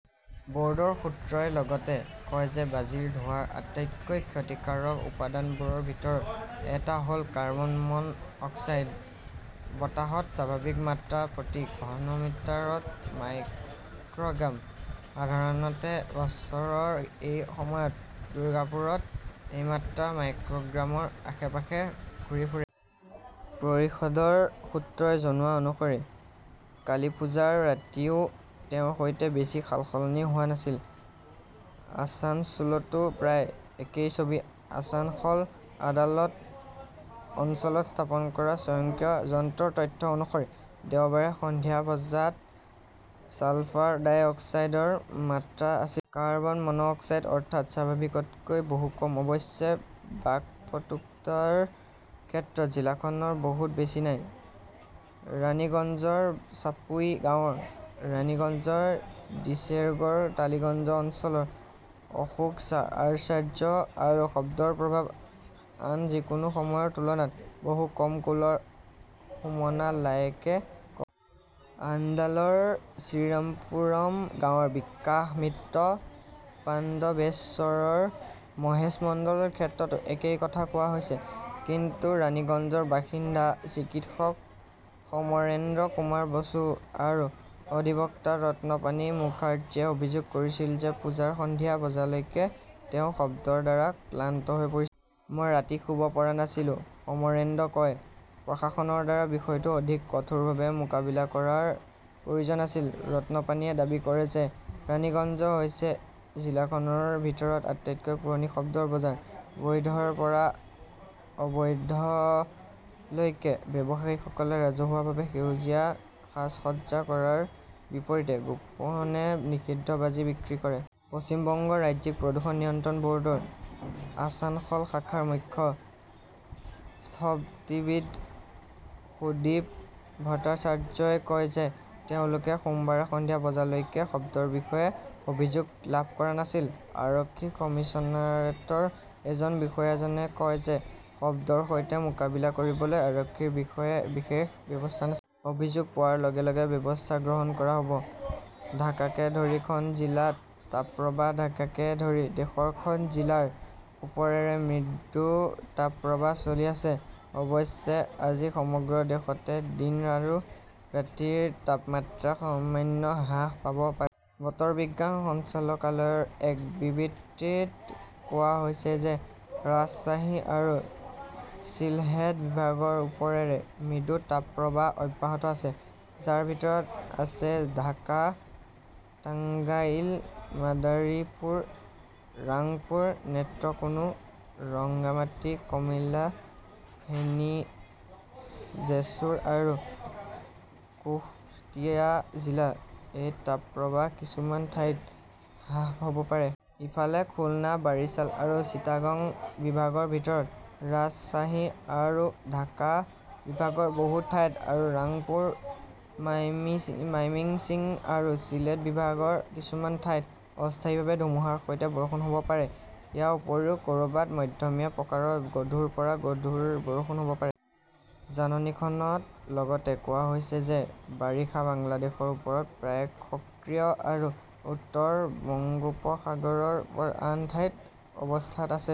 ব'ৰ্ডৰ সূত্ৰই লগতে কয় যে বাজিৰ ধোঁৱাৰ আটাইতকৈ ক্ষতিকাৰক উপাদানবোৰৰ ভিতৰত এটা হʼল কাৰ্বন মন অক্সাইড। বতাহত স্বাভাৱিক মাত্ৰা প্ৰতি ঘন মিটাৰত মাইক্ৰগ্ৰাম। সাধাৰণতে বছৰৰ এই সময়ত দুৰ্গাপুৰত এই মাত্ৰা মাইক্ৰগ্ৰামৰ আশে-পাশে ঘূৰি ফুৰে। পৰিষদৰ সূত্ৰই জনোৱা অনুসৰি কালিপ্পুজাৰ ৰাতিও তেওঁৰ সৈতে বেছি সালসলনি হোৱা নাছিল। আছানছোলতো প্ৰায় একেই ছবি। আছানসল আদালত অঞ্চলত স্থাপন কৰা স্বয়ংক্ৰিয় যন্ত্ৰৰ তথ্য অনুসৰি দেওবাৰে সন্ধিয়া বজাত ছালফাৰ ডাই অক্সাইডৰ মাত্ৰা আছিল। কাৰ্বন মন অক্সাইড। অৰ্থাৎ স্বাভাৱিকতকৈ বহু কম। অৱশ্যে, বাকপটুতাৰ ক্ষেত্ৰত জিলাখনৰ বহুত বেছি নাই। ৰাণীগঞ্জৰ চাপুই গাঁৱৰ ৰাণীগঞ্জৰ ডিচেৰগড় টালিগঞ্জ অঞ্চলৰ অশোক আচাৰ্য আৰু শব্দৰ প্ৰভাৱ আন যিকোনো সময়ৰ তুলনাত বহু কম, কুলৰ সুমনা লায়েকে কয়। আন্দালৰ শ্ৰীৰামপুৰম গাঁৱৰ বিকাশ মিত্ৰ, পাণ্ডবেশ্বৰৰ মহেশ মণ্ডলৰ ক্ষেত্ৰতো একেই কথা কোৱা হৈছে। কিন্তু ৰাণীগঞ্জৰ বাসিন্দা চিকিৎসক সমৰেন্দ্ৰ কুমাৰ বসু আৰু অধিবক্তা ৰত্নপানী মুখাৰ্জীয়ে অভিযোগ কৰিছিল যে পূজাৰ সন্ধিয়া বজালৈকে তেওঁ শব্দৰ দ্বাৰা ক্লান্ত হৈ পৰিছিল। মই ৰাতি শুব পৰা নাছিলো, সমৰেন্দ্ৰে কয়। প্ৰশাসনৰ দ্বাৰা বিষয়টো অধিক কঠোৰভাৱে মোকাবিলা কৰাৰ প্ৰয়োজন আছিল। ৰত্নপানীয়ে দাবী কৰে যে ৰাণীগঞ্জ হৈছে জিলাখনৰ ভিতৰত আটাইতকৈ পুৰণি শব্দৰ বজাৰ। বৈধৰ পৰা অবৈধলৈকে ব্যৱসায়ীসকলে ৰাজহুৱাভাৱে সেউজীয়া সাজ-সজ্জা কৰাৰ বিপৰীতে গোপনে নিষিদ্ধ বাজি বিক্ৰী কৰে। পশ্চিম বংগ ৰাজ্যিক প্ৰদূষণ নিয়ন্ত্ৰণ বʼৰ্ডৰ আছানসল শাখাৰ মুখ্য স্থপতিবিদ সুদীপ ভট্টাচাৰ্যই কয় যে তেওঁলোকে সোমবাৰে সন্ধিয়া বজালৈকে শব্দৰ বিষয়ে অভিযোগ লাভ কৰা নাছিল। আৰক্ষী কমিছনাৰেটৰ এজন বিষয়াজনে কয় যে শব্দৰ সৈতে মোকাবিলা কৰিবলৈ আৰক্ষীৰ বিশেষ ব্যৱস্থা আছিল। অভিযোগ পোৱাৰ লগে লগে ব্যৱস্থা গ্ৰহণ কৰা হʼব। ঢাকাকে ধৰি খন জিলাত তাপপ্ৰবাহ ঢাকাকে ধৰি দেশৰ খন জিলাৰ ওপৰেৰে মৃদু তাপপ্ৰবাহ চলি আছে। অৱশ্যে আজি সমগ্ৰ দেশতে দিন আৰু ৰাতিৰ তাপমাত্ৰা সামান্য হ্ৰাস পাব পাৰে। বতৰ বিজ্ঞান সঞ্চালকালয়ৰ এক বিবৃতিত কোৱা হৈছে যে ৰাজশ্বাহী আৰু চিলহেট বিভাগৰ ওপৰেৰে মৃদু তাপপ্ৰবাহ অব্যাহত আছে, যাৰ ভিতৰত আছে ঢাকা, টাঙ্গাইল, মাদৰীপুৰ, ৰাংপুৰ, নেত্ৰকোনা, ৰংগামাটী, কমিলা, ফেনী, জেছুৰ আৰু কুশটিয়া জিলা। এই তাপপ্ৰবাহ কিছুমান ঠাইত হ্ৰাস হʼব পাৰে। ইফালে, খুলনা, বাৰিছাল আৰু চিটাগং বিভাগৰ ভিতৰত, ৰাজশ্বাহী আৰু ঢাকা বিভাগৰ বহু ঠাইত আৰু ৰাংপুৰ, মাইমিংছিং আৰু চিলেট বিভাগৰ কিছুমান ঠাইত অস্থায়ীভাৱে ধুমুহাৰ সৈতে বৰষুণ হ 'ব পাৰে। ইয়াৰ উপৰিও কʼৰবাত মধ্যমীয়া প্ৰকাৰৰ গধুৰ পৰা গধুৰ বৰষুণ হʼব পাৰে। জাননীখনত লগতে কোৱা হৈছে যে বাৰিষা বাংলাদেশৰ ওপৰত প্ৰায় সক্ৰিয় আৰু উত্তৰ বংগোপসাগৰৰ আন ঠাইত অৱস্থাত আছে।